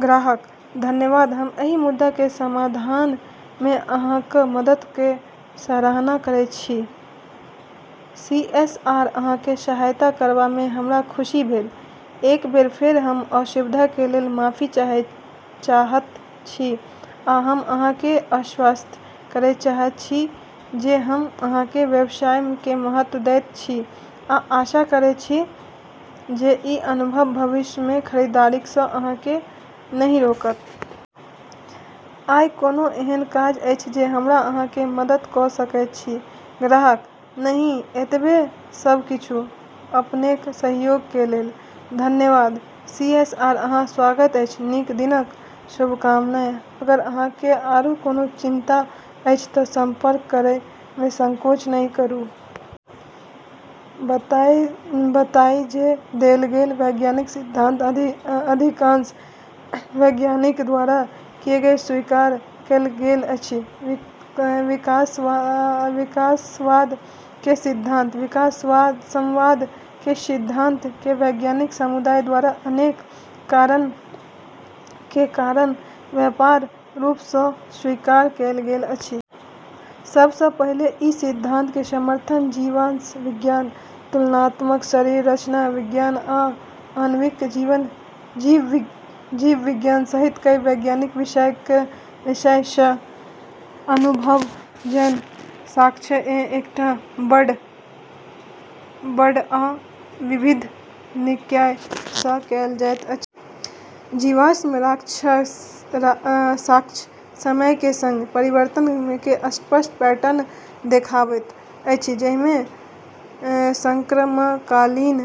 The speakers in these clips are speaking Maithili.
ग्राहक: धन्यवाद, हम एहि मुद्दा के समाधान मे अहाँक मदद के सराहना करैत छी। सीएसआर: अहाँक सहायता करबा मे हमरा खुशी भेल। एक बेर फेर हम असुविधा के लेल माफी चाहैत छी, आ हम अहाँ के आश्वस्त करय चाहैत छी जे हम अहाँक व्यवसाय के महत्व दैत छी आ आशा करैत छी जे ई अनुभव भविष्य मे खरीदारी सँ अहाँ के नहि रोकत। आइ कोनो एहन काज अछि जे हम अहाँक मदद क' सकैत छी? ग्राहक: नहि, एतबे सब किछु। अपनेक सहयोग के लेल धन्यवाद। सीएसआर: अहाँक स्वागत अछि। नीक दिनक शुभकामना! अगर अहाँ के आरू कोनो चिंता अछि त' संपर्क करय मे संकोच नहि करु। बताइए जे देल गेल वैज्ञानिक सिद्धांत अधिकांश वैज्ञानिक द्वारा किएक स्वीकार कएल गेल अछि: विकासवाद के सिद्धांत। विकासवाद के सिद्धांत के वैज्ञानिक समुदाय द्वारा अनेक कारक के कारण व्यापक रूप सँ स्वीकार कएल गेल अछि। सभ सँ पहिल ई सिद्धांत के समर्थन जीवाश्म विज्ञान, तुलनात्मक शरीर रचना विज्ञान, आ आणविक जीव विज्ञान सहित कई वैज्ञानिक विषय सँ अनुभवजन्य साक्ष्य के एकटा बड़ आ विविध निकाय सँ कएल जाएत अछि। जीवाश्म साक्ष्य समय के संग परिवर्तन के स्पष्ट पैटर्न देखाबैत अछि, जाहि मे संक्रमणकालीन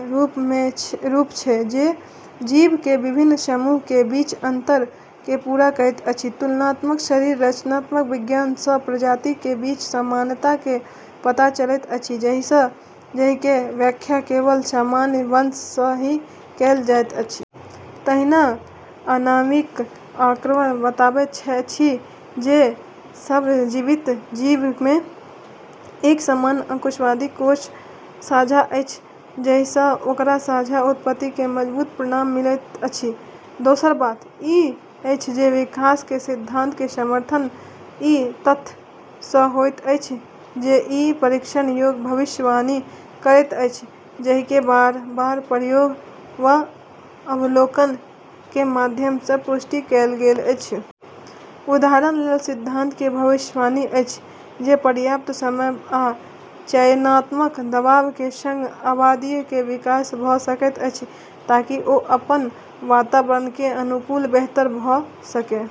रूप छै जे जीव के विभिन्न समूह के बीच के अंतर के पूरा करैत अछि। तुलनात्मक शरीर रचना विज्ञान सँ प्रजाति के बीच समानता के पता चलैत अछि जाहि के व्याख्या केवल सामान्य वंश सँ ही कएल जा सकैत अछि। तहिना आणविक आंकड़ा बताबैत अछि जे सब जीवित जीव मे एक समान आनुवंशिक कोड साझा अछि, जाहि सँ ओकर साझा उत्पत्ति के मजबूत प्रमाण मिलैत अछि। दोसर बात ई अछि जे विकास के सिद्धांत के समर्थन ई तथ्य सँ होइत अछि जे ई परीक्षण योग्य भविष्यवाणी करैत अछि जाहि के बार-बार प्रयोग आ अवलोकन के माध्यम सँ पुष्टि कएल गेल अछि। उदाहरण के लेल सिद्धांत के भविष्यवाणी अछि जे, पर्याप्त समय आ चयनात्मक दबाव के संग, आबादी के विकास भ सकैत अछि ताकि ओ अपन वातावरण के अनुकूल बेहतर भ सकय।